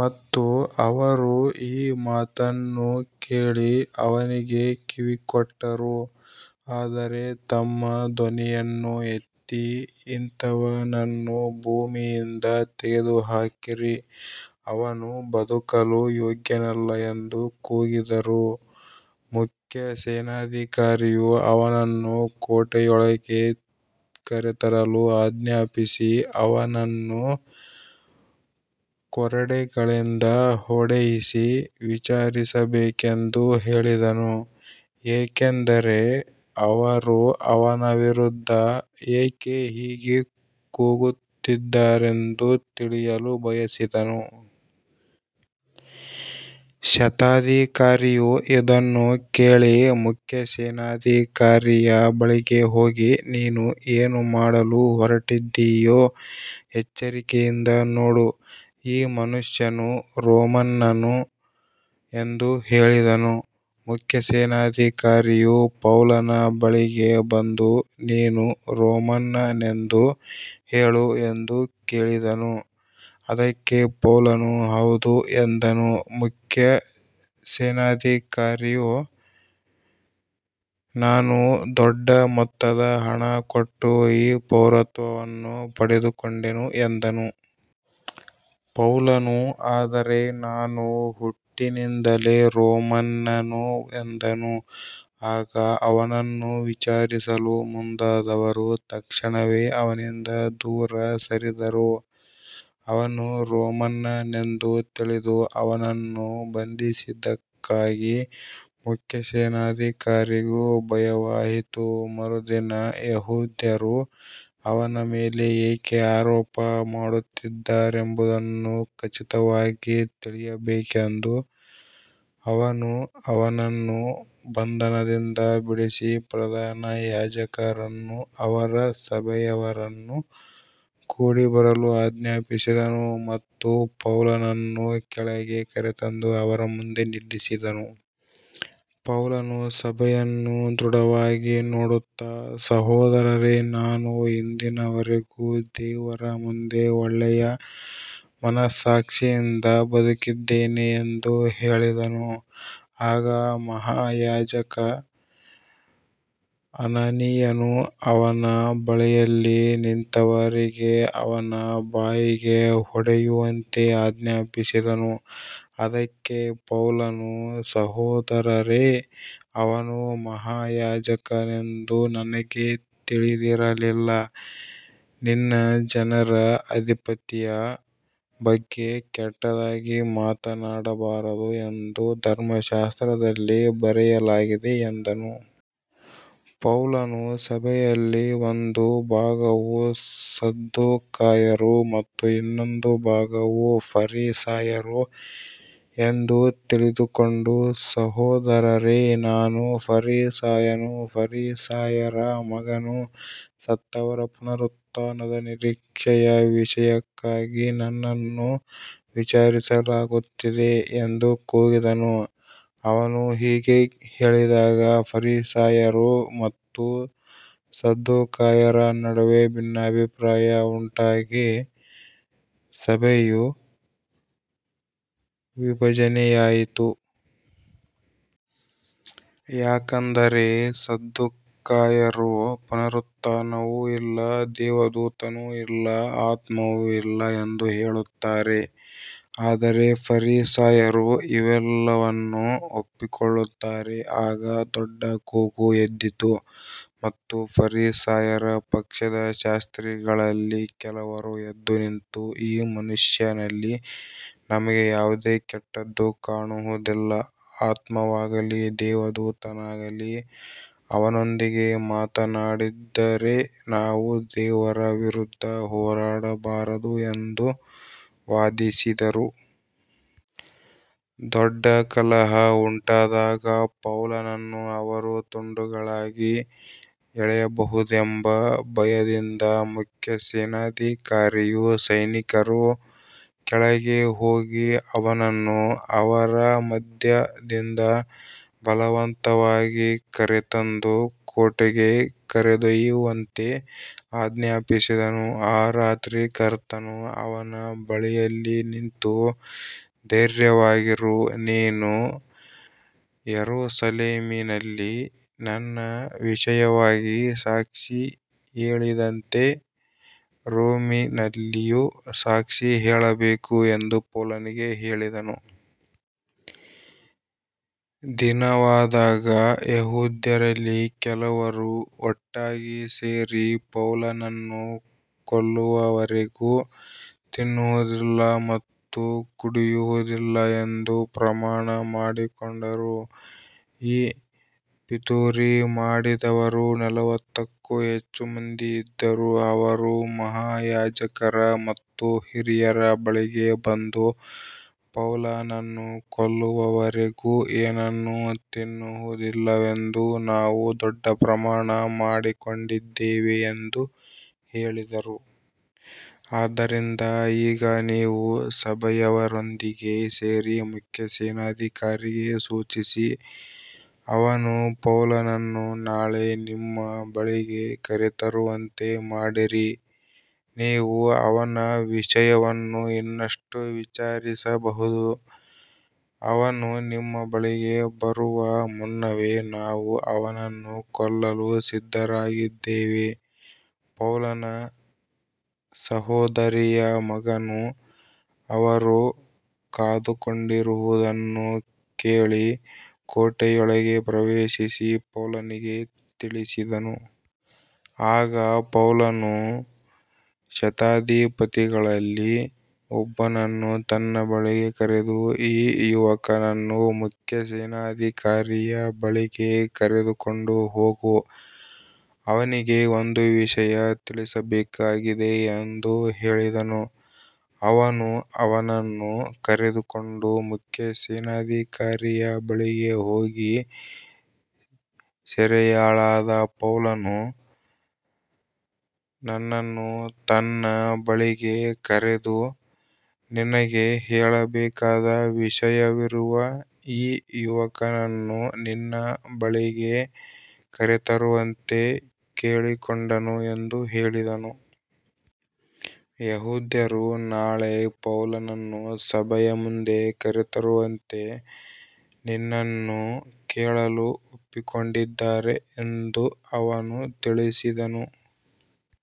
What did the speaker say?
ಮತ್ತು ಅವರು ಈ ಮಾತನ್ನು ಕೇಳಿ ಅವನಿಗೆ ಕಿವಿಗೊಟ್ಟರು, ಆದರೆ ತಮ್ಮ ಧ್ವನಿಯನ್ನು ಎತ್ತಿ ಇಂಥವನನ್ನು ಭೂಮಿಯಿಂದ ತೆಗೆದುಹಾಕಿರಿ, ಅವನು ಬದುಕಲು ಯೋಗ್ಯನಲ್ಲ ಎಂದು ಕೂಗಿದರು. ಮುಖ್ಯ ಸೇನಾಧಿಕಾರಿಯು ಅವನನ್ನು ಕೋಟೆಯೊಳಗೆ ಕರೆತರಲು ಆಜ್ಞಾಪಿಸಿ, ಅವನನ್ನು ಕೊರಡೆಗಳಿಂದ ಹೊಡೆಯಿಸಿ ವಿಚಾರಿಸಬೇಕೆಂದು ಹೇಳಿದನು, ಏಕೆಂದರೆ ಅವರು ಅವನ ವಿರುದ್ಧ ಏಕೆ ಹೀಗೆ ಕೂಗುತ್ತಿದ್ದಾರೆಂದು ತಿಳಿಯಲು ಬಯಸಿದನು. ಶತಾಧಿಪತಿಯು ಇದನ್ನು ಕೇಳಿ ಮುಖ್ಯ ಸೇನಾಧಿಕಾರಿಯ ಬಳಿಗೆ ಹೋಗಿ, ನೀನು ಏನು ಮಾಡಲು ಹೊರಟಿದ್ದೀಯೋ ಎಚ್ಚರಿಕೆಯಿಂದ ನೋಡು, ಈ ಮನುಷ್ಯನು ರೋಮನ್ನನು ಎಂದು ಹೇಳಿದನು. ಮುಖ್ಯ ಸೇನಾಧಿಕಾರಿಯು ಪೌಲನ ಬಳಿಗೆ ಬಂದು, ನೀನು ರೋಮನ್ನನೆಂದು ಹೇಳು ಎಂದು ಕೇಳಿದನು. ಅದಕ್ಕೆ ಪೌಲನು, ಹೌದು ಎಂದನು. ಮುಖ್ಯ ಸೇನಾಧಿಕಾರಿಯು, ನಾನು ದೊಡ್ಡ ಮೊತ್ತದ ಹಣ ಕೊಟ್ಟು ಈ ಪೌರತ್ವವನ್ನು ಪಡೆದುಕೊಂಡೆನು ಎಂದನು. ಪೌಲನು, ಆದರೆ ನಾನು ಹುಟ್ಟಿನಿಂದಲೇ ರೋಮನ್ನನು ಎಂದನು. ಆಗ ಅವನನ್ನು ವಿಚಾರಿಸಲು ಮುಂದಾದವರು ತಕ್ಷಣವೇ ಅವನಿಂದ ದೂರ ಸರಿದರು. ಅವನು ರೋಮನ್ನನೆಂದು ತಿಳಿದು ಅವನನ್ನು ಬಂಧಿಸಿದ್ದಕ್ಕಾಗಿ ಮುಖ್ಯ ಸೇನಾಧಿಕಾರಿಗೂ ಭಯವಾಯಿತು. ಮರುದಿನ ಯೆಹೂದ್ಯರು ಅವನ ಮೇಲೆ ಏಕೆ ಆರೋಪ ಮಾಡುತ್ತಿದ್ದಾರೆಂಬುದನ್ನು ಖಚಿತವಾಗಿ ತಿಳಿಯಬೇಕೆಂದು ಅವನು ಅವನನ್ನು ಬಂಧನದಿಂದ ಬಿಡಿಸಿ, ಪ್ರಧಾನ ಯಾಜಕರನ್ನೂ ಅವರ ಸಭೆಯವರನ್ನೂ ಕೂಡಿಬರಲು ಆಜ್ಞಾಪಿಸಿದನು ಮತ್ತು ಪೌಲನನ್ನು ಕೆಳಗೆ ಕರೆತಂದು ಅವರ ಮುಂದೆ ನಿಲ್ಲಿಸಿದನು. ಪೌಲನು ಸಭೆಯನ್ನು ದೃಢವಾಗಿ ನೋಡುತ್ತಾ, ಸಹೋದರರೇ, ನಾನು ಇಂದಿನವರೆಗೂ ದೇವರ ಮುಂದೆ ಒಳ್ಳೆಯ ಮನಸ್ಸಾಕ್ಷಿಯಿಂದ ಬದುಕಿದ್ದೇನೆ ಎಂದು ಹೇಳಿದನು. ಆಗ ಮಹಾಯಾಜಕ ಅನನೀಯನು ಅವನ ಬಳಿಯಲ್ಲಿ ನಿಂತವರಿಗೆ ಅವನ ಬಾಯಿಗೆ ಹೊಡೆಯುವಂತೆ ಆಜ್ಞಾಪಿಸಿದನು. ಅದಕ್ಕೆ ಪೌಲನು, ಸಹೋದರರೇ, ಅವನು ಮಹಾಯಾಜಕನೆಂದು ನನಗೆ ತಿಳಿದಿರಲಿಲ್ಲ, ನಿನ್ನ ಜನರ ಅಧಿಪತಿಯ ಬಗ್ಗೆ ಕೆಟ್ಟದಾಗಿ ಮಾತನಾಡಬಾರದು ಎಂದು ಧರ್ಮಶಾಸ್ತ್ರದಲ್ಲಿ ಬರೆಯಲಾಗಿದೆ ಎಂದನು. ಪೌಲನು ಸಭೆಯಲ್ಲಿ ಒಂದು ಭಾಗವು ಸದ್ದುಕಾಯರು ಮತ್ತು ಇನ್ನೊಂದು ಭಾಗವು ಫರಿಸಾಯರು ಎಂದು ತಿಳಿದುಕೊಂಡು, ಸಹೋದರರೇ, ನಾನು ಫರಿಸಾಯನು, ಫರಿಸಾಯರ ಮಗನು, ಸತ್ತವರ ಪುನರುತ್ಥಾನದ ನಿರೀಕ್ಷೆಯ ವಿಷಯಕ್ಕಾಗಿ ನನ್ನನ್ನು ವಿಚಾರಿಸಲಾಗುತ್ತಿದೆ ಎಂದು ಕೂಗಿದನು. ಅವನು ಹೀಗೆ ಹೇಳಿದಾಗ ಫರಿಸಾಯರು ಮತ್ತು ಸದ್ದುಕಾಯರ ನಡುವೆ ಭಿನ್ನಾಭಿಪ್ರಾಯ ಉಂಟಾಗಿ ಸಭೆಯು ವಿಭಜನೆಯಾಯಿತು. ಯಾಕಂದರೆ ಸದ್ದುಕಾಯರು ಪುನರುತ್ಥಾನವೂ ಇಲ್ಲ, ದೇವದೂತನೂ ಇಲ್ಲ, ಆತ್ಮವೂ ಇಲ್ಲ ಎಂದು ಹೇಳುತ್ತಾರೆ, ಆದರೆ ಫರಿಸಾಯರು ಇವೆಲ್ಲವನ್ನೂ ಒಪ್ಪಿಕೊಳ್ಳುತ್ತಾರೆ. ಆಗ ದೊಡ್ಡ ಕೂಗು ಎದ್ದಿತು ಮತ್ತು ಫರಿಸಾಯರ ಪಕ್ಷದ ಶಾಸ್ತ್ರಿಗಳಲ್ಲಿ ಕೆಲವರು ಎದ್ದು ನಿಂತು, ಈ ಮನುಷ್ಯನಲ್ಲಿ ನಮಗೆ ಯಾವುದೇ ಕೆಟ್ಟದ್ದೂ ಕಾಣುವುದಿಲ್ಲ, ಆತ್ಮವಾಗಲಿ ದೇವದೂತನಾಗಲಿ ಅವನೊಂದಿಗೆ ಮಾತನಾಡಿದ್ದರೆ ನಾವು ದೇವರ ವಿರುದ್ಧ ಹೋರಾಡಬಾರದು ಎಂದು ವಾದಿಸಿದರು. ದೊಡ್ಡ ಕಲಹ ಉಂಟಾದಾಗ ಪೌಲನನ್ನು ಅವರು ತುಂಡುಗಳಾಗಿ ಎಳೆಯಬಹುದೆಂಬ ಭಯದಿಂದ ಮುಖ್ಯ ಸೇನಾಧಿಕಾರಿಯು ಸೈನಿಕರು ಕೆಳಗೆ ಹೋಗಿ ಅವನನ್ನು ಅವರ ಮಧ್ಯದಿಂದ ಬಲವಂತವಾಗಿ ಕರೆತಂದು ಕೋಟೆಗೆ ಕರೆದೊಯ್ಯುವಂತೆ ಆಜ್ಞಾಪಿಸಿದನು. ಆ ರಾತ್ರಿ ಕರ್ತನು ಅವನ ಬಳಿಯಲ್ಲಿ ನಿಂತು, ಧೈರ್ಯವಾಗಿರು, ನೀನು ಯೆರೂಸಲೇಮಿನಲ್ಲಿ ನನ್ನ ವಿಷಯವಾಗಿ ಸಾಕ್ಷಿ ಹೇಳಿದಂತೆ ರೋಮಿನಲ್ಲಿಯೂ ಸಾಕ್ಷಿ ಹೇಳಬೇಕು ಎಂದು ಪೌಲನಿಗೆ ಹೇಳಿದನು. ದಿನವಾದಾಗ ಯೆಹೂದ್ಯರಲ್ಲಿ ಕೆಲವರು ಒಟ್ಟಾಗಿ ಸೇರಿ, ಪೌಲನನ್ನು ಕೊಲ್ಲುವವರೆಗೂ ತಿನ್ನುವುದಿಲ್ಲ ಮತ್ತು ಕುಡಿಯುವುದಿಲ್ಲ ಎಂದು ಪ್ರಮಾಣ ಮಾಡಿಕೊಂಡರು. ಈ ಪಿತೂರಿ ಮಾಡಿದವರು ನಲವತ್ತಕ್ಕೂ ಹೆಚ್ಚು ಮಂದಿ ಇದ್ದರು. ಅವರು ಮಹಾಯಾಜಕರ ಮತ್ತು ಹಿರಿಯರ ಬಳಿಗೆ ಬಂದು, ಪೌಲನನ್ನು ಕೊಲ್ಲುವವರೆಗೂ ಏನನ್ನೂ ತಿನ್ನುವುದಿಲ್ಲವೆಂದು ನಾವು ದೊಡ್ಡ ಪ್ರಮಾಣ ಮಾಡಿಕೊಂಡಿದ್ದೇವೆ ಎಂದು ಹೇಳಿದರು. ಆದ್ದರಿಂದ ಈಗ ನೀವು ಸಭೆಯವರೊಂದಿಗೆ ಸೇರಿ ಮುಖ್ಯ ಸೇನಾಧಿಕಾರಿಗೆ ಸೂಚಿಸಿ, ಅವನು ಪೌಲನನ್ನು ನಾಳೆ ನಿಮ್ಮ ಬಳಿಗೆ ಕರೆತರುವಂತೆ ಮಾಡಿರಿ, ನೀವು ಅವನ ವಿಷಯವನ್ನು ಇನ್ನಷ್ಟು ವಿಚಾರಿಸಬಹುದು. ಅವನು ನಿಮ್ಮ ಬಳಿಗೆ ಬರುವ ಮುನ್ನವೇ ನಾವು ಅವನನ್ನು ಕೊಲ್ಲಲು ಸಿದ್ಧರಾಗಿರುತ್ತೇವೆ. ಪೌಲನ ಸಹೋದರಿಯ ಮಗನು ಅವರು ಕಾದುಕೊಂಡಿರುವುದನ್ನು ಕೇಳಿ ಕೋಟೆಯೊಳಗೆ ಪ್ರವೇಶಿಸಿ ಪೌಲನಿಗೆ ತಿಳಿಸಿದನು. ಆಗ ಪೌಲನು ಶತಾಧಿಪತಿಗಳಲ್ಲಿ ಒಬ್ಬನನ್ನು ತನ್ನ ಬಳಿಗೆ ಕರೆದು, ಈ ಯುವಕನನ್ನು ಮುಖ್ಯ ಸೇನಾಧಿಕಾರಿಯ ಬಳಿಗೆ ಕರೆದುಕೊಂಡು ಹೋಗು, ಅವನಿಗೆ ಒಂದು ವಿಷಯ ತಿಳಿಸಬೇಕಾಗಿದೆ ಎಂದು ಹೇಳಿದನು. ಅವನು ಅವನನ್ನು ಕರೆದುಕೊಂಡು ಮುಖ್ಯ ಸೇನಾಧಿಕಾರಿಯ ಬಳಿಗೆ ಹೋಗಿ, ಸೆರೆಯಾಳಾದ ಪೌಲನು ನನ್ನನ್ನು ತನ್ನ ಬಳಿಗೆ ಕರೆದು, ನಿನಗೆ ಹೇಳಬೇಕಾದ ವಿಷಯವಿರುವ ಈ ಯುವಕನನ್ನು ನಿನ್ನ ಬಳಿಗೆ ಕರೆತರುವಂತೆ ಕೇಳಿಕೊಂಡನು ಎಂದು ಹೇಳಿದನು. ಯೆಹೂದ್ಯರು ನಾಳೆ ಪೌಲನನ್ನು ಸಭೆಯ ಮುಂದೆ ಕರೆತರುವಂತೆ ನಿನ್ನನ್ನು ಕೇಳಲು ಒಪ್ಪಿಕೊಂಡಿದ್ದಾರೆ ಎಂದು ಅವನು ತಿಳಿಸಿದನು.